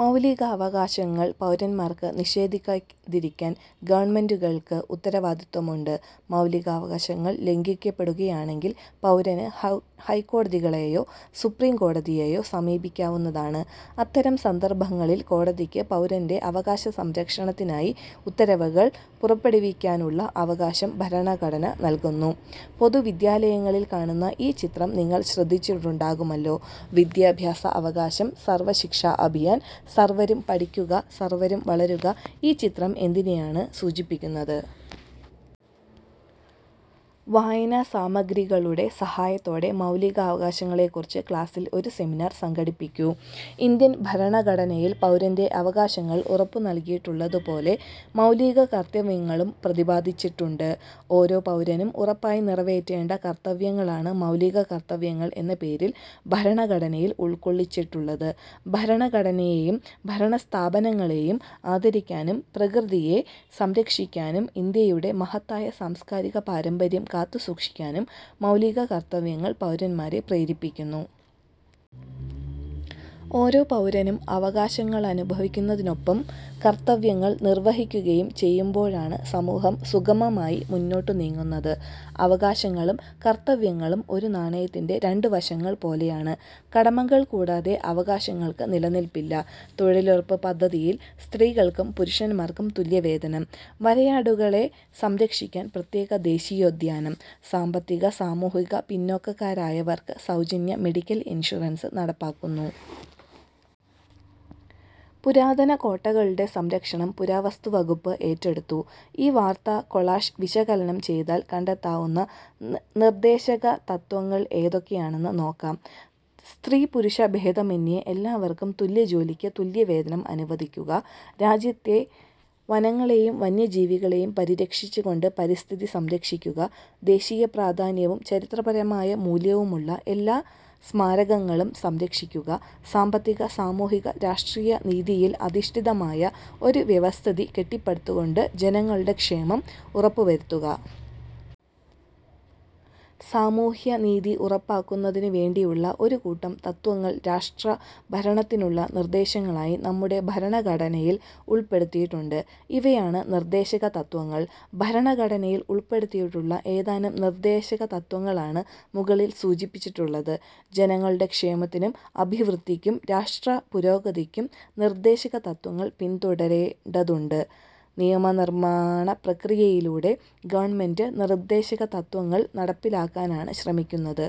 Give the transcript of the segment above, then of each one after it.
മൗലികാവകാശങ്ങൾ പൗരന്മാർക്ക് നിഷേധിക്കാതിരിക്കാൻ ഗവൺമെന്റുകൾക്ക് ഉത്തരവാദിത്വമുണ്ട്. മൗലികാവകാശങ്ങൾ ലംഘിക്കപ്പെടുകയാണങ്കിൽ പൗരന് ഹൈക്കോടതികളെയോ സുപ്രീം കോടതിയേയോ സമീപിക്കാവുന്നതാണ്. അത്തരം സന്ദർഭങ്ങളിൽ കോടതിക്ക് പൗരന്റെ അവകാശസംരക്ഷണത്തിനായി ഉത്തരവുകൾ പുറപ്പെടുവിക്കാനുള്ള അവകാശം ഭരണഘടന നൽകുന്നു. പൊതുവിദ്യാലയങ്ങളിൽ കാണുന്ന ഈ ചിത്രം നിങ്ങൾ ശ്രദ്ധിച്ചിട്ടുണ്ടാകുമല്ലോ. വിദ്യാഭ്യാസ അവകാശം- സർവ ശിക്ഷാ അഭിയാൻ- സർവരും പഠിക്കുക സർവരും വളരുക ഈ ചിത്രം എന്തിനെയാണ് സൂചിപ്പിക്കുന്നത്. വായനാസാമഗ്രികളുടെ സഹായത്തോടെ മൗലികാവകാശങ്ങളെക്കുറിച്ച് ക്ലാസിൽ ഒരു സെമിനാർ സംഘടിപ്പിക്കൂ. ഇന്ത്യൻ ഭരണഘടനയിൽ പൗരന്റെ അവകാശങ്ങൾ ഉറപ്പു നൽകിയിട്ടുള്ളതുപോലെ മൗലിക കർത്തവ്യങ്ങളും പ്രതിപാദിച്ചിട്ടുണ്ട്. ഓരോ പൗരനും ഉറപ്പായി നിറവേറ്റേണ്ട കർത്തവ്യങ്ങളാണ് മൗലിക കർത്തവ്യങ്ങൾ എന്ന പേരിൽ ഭരണഘടനയിൽ ഉൾക്കൊള്ളിച്ചിട്ടുള്ളത്. ഭരണഘടനയെയും ഭരണസ്ഥാപനങ്ങളെയും ആദരിക്കാനും പ്രകൃതിയെ സംരക്ഷിക്കാനും ഇന്ത്യയുടെ മഹത്തായ സാംസ്കാരിക പാരമ്പര്യം കാത്തുസൂക്ഷിക്കാനും മൗലിക കർത്തവ്യങ്ങൾ പൗരന്മാരെ പ്രേരിപ്പിക്കുന്നു. ഓരോ പൗരനും അവകാശങ്ങളനുഭവിക്കുന്നതിനൊപ്പം കർത്തവ്യങ്ങൾ നിർവഹിക്കുകയും ചെയ്യുമ്പോഴാണ് സമൂഹം സുഗമമായി മുന്നോട്ടു നീങ്ങുന്നത്. അവകാശങ്ങളും കർത്തവ്യങ്ങളും ഒരു നാണയത്തിന്റെ രണ്ട് വശങ്ങൾ പോലെയാണ്. കടമകൾ കൂടാതെ അവകാശങ്ങൾക്ക് നിലനില്പ്പില്ല. തൊഴിലുറപ്പ് പദ്ധതിയിൽ സ്ത്രീകൾക്കും പുരുഷൻമാർക്കും തുല്യവേതനം. വരയാടുകളെ സംരക്ഷിക്കാൻ പ്രത്യേക ദേശീയോദ്യാനം. സാമ്പത്തിക-സാമൂഹിക പിന്നോക്ക ക്കാരായവർക്ക് സൗജന്യ മെഡിക്കൽ ഇൻഷുറൻസ് നടപ്പാക്കുന്നു. പുരാതന കോട്ടകളുടെ സംരക്ഷണം പുരാവസ്തു വകുപ്പ് ഏറ്റെടുത്തു. ഈ വാർത്താകൊളാഷ് വിശകലനം ചെയ്താൽ കണ്ടെത്താവുന്ന നിർദ്ദേശകതത്ത്വങ്ങൾ ഏതൊക്കെയെന്ന് നോക്കാം. സ്ത്രീപുരുഷ ഭേദമെന്യേ എല്ലാവർക്കും തുല്യജോലിക്ക് തുല്യവേതനം അനുവദിക്കുക. രാജ്യത്തെ വനങ്ങളെയും വന്യജീവികളെയും പരിരക്ഷിച്ചുകൊണ്ട് പരിസ്ഥിതി സംരക്ഷിക്കുക. ദേശീയപ്രാധാന്യവും ചരിത്രപരമായ മൂല്യവുമുള്ള എല്ലാ സ്മാരകങ്ങളും സംരക്ഷിക്കുക. സാമ്പത്തിക, സാമൂഹിക, രാഷ്ട്രീയ നീതിയിൽ അധിഷ്ഠിതമായ ഒരു വ്യവസ്ഥിതി കെട്ടിപ്പടുത്തുകൊണ്ട് ജനങ്ങളുടെ ക്ഷേമം ഉറപ്പുവരുത്തുക. സാമൂഹ്യ നീതി ഉറപ്പാക്കുന്നതിനുവേണ്ടിയുള്ള ഒരു കൂട്ടം തത്ത്വങ്ങൾ രാഷ്ട്ര ഭരണത്തിനുള്ള നിർദേശങ്ങളായി നമ്മുടെ ഭരണഘടനയിൽ ഉൾപ്പെടുത്തിയിട്ടുണ്ട്. ഇവയാണ് നിർദ്ദേശകതത്ത്വങ്ങൾ. ഭരണഘടനയിൽ ഉൾപ്പെടുത്തിയിട്ടുള്ള ഏതാനും നിർദ്ദേശകതത്ത്വങ്ങളാണ് മുകളിൽ സൂചിപ്പിച്ചിട്ടുള്ളത്. ജനങ്ങളുടെ ക്ഷേമത്തിനും അഭിവൃദ്ധിക്കും രാഷ്ട്രപുരോഗതിക്കും നിർദ്ദേശകതത്ത്വങ്ങൾ പിൻതുടരേണ്ടതുണ്ട്. നിയമനിർമ്മാണപ്രക്രിയയിലൂടെ ഗവൺമെന്റ് നിർദ്ദേശകതത്ത്വങ്ങൾ നടപ്പിലാക്കാനാണ് ശ്രമിക്കുന്നത്.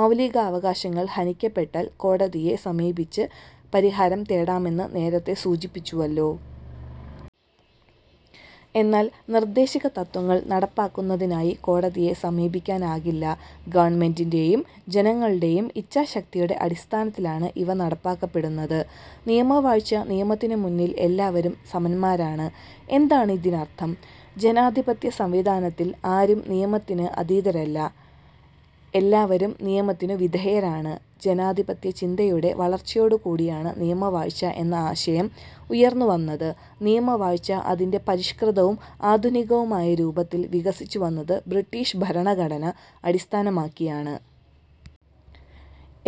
മൗലികാവകാശങ്ങൾ ഹനിക്കപ്പെട്ടാൽ കോടതിയെ സമീപിച്ച് പരിഹാരം തേടാമെന്ന് നേരത്തേ സൂചിപ്പിച്ചുവല്ലോ. എന്നാൽ നിർദ്ദേശകതത്ത്വങ്ങൾ നടപ്പാക്കുന്നതിനായി കോടതിയെ സമീപിക്കാനാകില്ല. ഗവൺമെന്റിന്റെയും ജനങ്ങളുടെയും ഇച്ഛാശക്തിയുടെ അടിസ്ഥാനത്തിലാണ് ഇവ നടപ്പാക്കപ്പെടുന്നത്. നിയമവാഴ്ച നിയമത്തിനുമുന്നിൽ എല്ലാവരും സമന്മാരാണ്. എന്താണിതിനർത്ഥം? ജനാധിപത്യ സംവിധാനത്തിൽ ആരും നിയമത്തിന് അതീതരല്ല. എല്ലാവരും നിയമത്തിനു വിധേയരാണ്. ജനാധിപത്യചിന്തയുടെ വളർച്ചയോടുകൂടിയാണ് നിയമവാഴ്ച എന്ന ആശയം ഉയർന്നുവന്നത്. നിയമവാഴ്ച അതിന്റെ പരിഷ്കൃതവും ആധുനികവുമായ രൂപത്തിൽ വികസിച്ചു വന്നത് ബ്രിട്ടീഷ് ഭരണഘടന അടിസ്ഥാനമാക്കിയാണ്.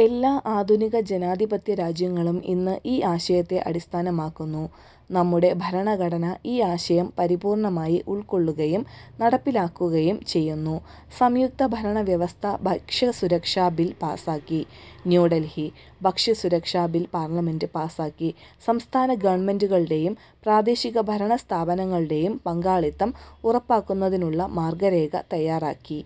എല്ലാ ആധുനിക ജനാധിപത്യ രാജ്യങ്ങളും ഇന്ന് ഈ ആശയത്തെ അടിസ്ഥാനമാക്കുന്നു. നമ്മുടെ ഭരണഘടന ഈ ആശയം പരിപൂർണ്ണമായി ഉൾക്കൊള്ളുകയും നടപ്പിലാക്കുകയും ചെയ്യുന്നു. സംയുക്തഭരണവ്യവസ്ഥ ഭക്ഷ്യസുരക്ഷാ ബിൽ പാസ്സാക്കി. ന്യൂഡൽഹി: ഭക്ഷ്യസുരക്ഷാ ബിൽ പാർലമെന്റ് പാസ്സാക്കി. സംസ്ഥാന ഗവൺമെന്റുകളുടെയും പ്രാദേശിക ഭരണസ്ഥാപനങ്ങളുടെയും പങ്കാളിത്തം ഉറപ്പാക്കുന്നതിനുള്ള മാർഗ്ഗരേഖ തയ്യാറാക്കി.